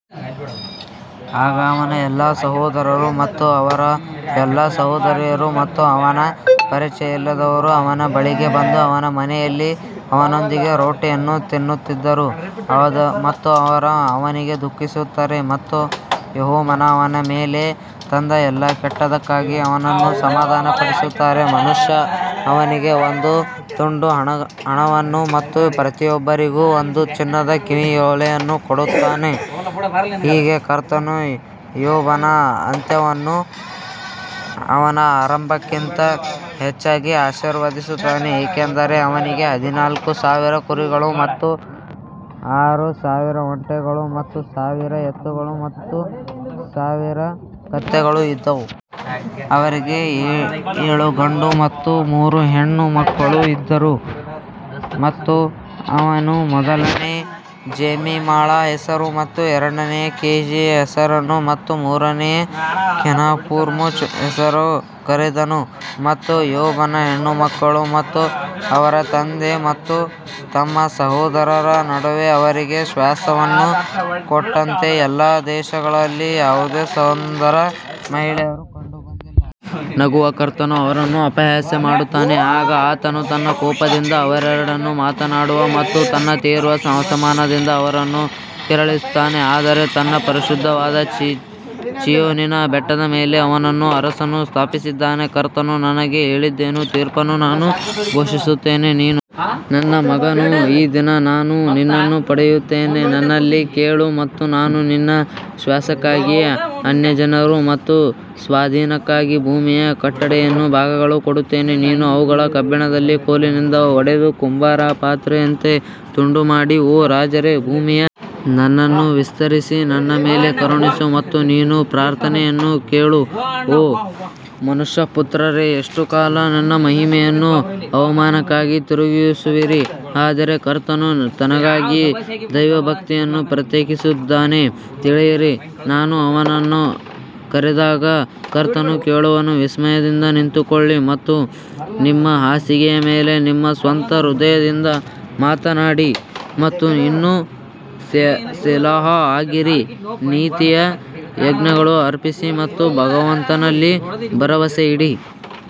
ಆಗ ಅವನ ಎಲ್ಲಾ ಸಹೋದರರು ಮತ್ತು ಅವರ ಎಲ್ಲಾ ಸಹೋದರಿಯರು ಮತ್ತು ಅವನ ಪರಿಚಯದವರೆಲ್ಲರೂ ಅವನ ಬಳಿಗೆ ಬಂದು ಅವನ ಮನೆಯಲ್ಲಿ ಅವನೊಂದಿಗೆ ರೊಟ್ಟಿಯನ್ನು ತಿನ್ನುತ್ತಿದ್ದರು ಮತ್ತು ಅವರು ಅವನಿಗೆ ದುಃಖಿಸಿದರು ಮತ್ತು ಯೆಹೋವನು ಅವನ ಮೇಲೆ ತಂದ ಎಲ್ಲಾ ಕೆಟ್ಟದ್ದಕ್ಕಾಗಿ ಅವನನ್ನು ಸಮಾಧಾನಪಡಿಸಿದರು. ಮನುಷ್ಯನು ಅವನಿಗೆ ಒಂದು ತುಂಡು ಹಣವನ್ನು ಮತ್ತು ಪ್ರತಿಯೊಬ್ಬರಿಗೂ ಒಂದು ಚಿನ್ನದ ಕಿವಿಯೋಲೆಯನ್ನು ಕೊಟ್ಟನು ಹೀಗೆ ಕರ್ತನು ಯೋಬನ ಅಂತ್ಯವನ್ನು ಅವನ ಆರಂಭಕ್ಕಿಂತ ಹೆಚ್ಚಾಗಿ ಆಶೀರ್ವದಿಸಿದನು, ಏಕೆಂದರೆ ಅವನಿಗೆ ಹದಿನಾಲ್ಕು ಸಾವಿರ ಕುರಿಗಳು ಮತ್ತು ಆರು ಸಾವಿರ ಒಂಟೆಗಳು ಮತ್ತು ಸಾವಿರ ಎತ್ತುಗಳು ಮತ್ತು ಸಾವಿರ ಕತ್ತೆಗಳು ಇದ್ದವು. ಅವರಿಗೆ ಏಳು ಗಂಡು ಮತ್ತು ಮೂರು ಹೆಣ್ಣು ಮಕ್ಕಳೂ ಇದ್ದರು ಮತ್ತು ಅವನು ಮೊದಲನೆಯ ಜೆಮಿಮಾಳ ಹೆಸರನ್ನು ಮತ್ತು ಎರಡನೆಯ ಕೆಜಿಯ ಹೆಸರನ್ನು ಮತ್ತು ಮೂರನೆಯ ಕೆರೆನ್ಹಪ್ಪುಚ್ ಹೆಸರನ್ನು ಕರೆದನು. ಮತ್ತು ಯೋಬನ ಹೆಣ್ಣುಮಕ್ಕಳು ಮತ್ತು ಅವರ ತಂದೆ ತಮ್ಮ ಸಹೋದರರ ನಡುವೆ ಅವರಿಗೆ ಸ್ವಾಸ್ತ್ಯವನ್ನು ಕೊಟ್ಟಂತೆ ಎಲ್ಲಾ ದೇಶಗಳಲ್ಲಿ ಯಾವುದೇ ಸುಂದರ ಮಹಿಳೆಯರು ಕಂಡುಬಂದಿಲ್ಲ. ನಗುವನು ಕರ್ತನು ಅವರನ್ನು ಅಪಹಾಸ್ಯ ಮಾಡುತ್ತಾನೆ ಆಗ ಆತನು ತನ್ನ ಕೋಪದಿಂದ ಅವರೊಡನೆ ಮಾತನಾಡುವನು ಮತ್ತು ತನ್ನ ತೀವ್ರ ಅಸಮಾಧಾನದಿಂದ ಅವರನ್ನು ಕೆರಳಿಸುವನು ಆದರೂ ನನ್ನ ಪರಿಶುದ್ಧವಾದ ಚೀಯೋನಿನ ಬೆಟ್ಟದ ಮೇಲೆ ನನ್ನ ಅರಸನನ್ನು ಸ್ಥಾಪಿಸಿದ್ದೇನೆ ಕರ್ತನು ನನಗೆ ಹೇಳಿದ ತೀರ್ಪನ್ನು ನಾನು ಘೋಷಿಸುತ್ತೇನೆ, ನೀನು ನನ್ನ ಮಗನು ಈ ದಿನ ನಾನು ನಿನ್ನನ್ನು ಪಡೆದಿದ್ದೇನೆ ನನ್ನಲ್ಲಿ ಕೇಳು ಮತ್ತು ನಾನು ನಿನ್ನ ಸ್ವಾಸ್ತ್ಯಕ್ಕಾಗಿ ಅನ್ಯಜನರನ್ನು ಮತ್ತು ನಿನ್ನ ಸ್ವಾಧೀನಕ್ಕಾಗಿ ಭೂಮಿಯ ಕಟ್ಟಕಡೆಯ ಭಾಗಗಳನ್ನು ಕೊಡುತ್ತೇನೆ ನೀನು ಅವುಗಳನ್ನು ಕಬ್ಬಿಣದ ಕೋಲಿನಿಂದ ಒಡೆದು ಕುಂಬಾರರ ಪಾತ್ರೆಯಂತೆ ತುಂಡು ಮಾಡಿ ಓ ರಾಜರೇ, ಭೂಮಿಯ ನನ್ನನ್ನು ವಿಸ್ತರಿಸಿ ನನ್ನ ಮೇಲೆ ಕರುಣಿಸು ಮತ್ತು ನನ್ನ ಪ್ರಾರ್ಥನೆಯನ್ನು ಕೇಳು ಓ ಮನುಷ್ಯಪುತ್ರರೇ, ಎಷ್ಟು ಕಾಲ ನನ್ನ ಮಹಿಮೆಯನ್ನು ಅವಮಾನಕ್ಕೆ ತಿರುಗಿಸುವಿರಿ ಆದರೆ ಕರ್ತನು ತನಗಾಗಿ ದೈವಭಕ್ತಿಯನ್ನು ಪ್ರತ್ಯೇಕಿಸಿದ್ದಾನೆಂದು ತಿಳಿಯಿರಿ, ನಾನು ಅವನನ್ನು ಕರೆದಾಗ ಕರ್ತನು ಕೇಳುವನು ವಿಸ್ಮಯದಿಂದ ನಿಂತುಕೊಳ್ಳಿ ಮತ್ತು ನಿಮ್ಮ ಹಾಸಿಗೆಯ ಮೇಲೆ ನಿಮ್ಮ ಸ್ವಂತ ಹೃದಯದೊಂದಿಗೆ ಮಾತನಾಡಬೇಡಿ ಮತ್ತು ಇನ್ನೂ ಸೆಲಾಹ್ ಆಗಿರಿ ನೀತಿಯ ಯಜ್ಞಗಳನ್ನು ಅರ್ಪಿಸಿ ಮತ್ತು ಭಗವಂತನಲ್ಲಿ ಭರವಸೆಯಿಡಿ.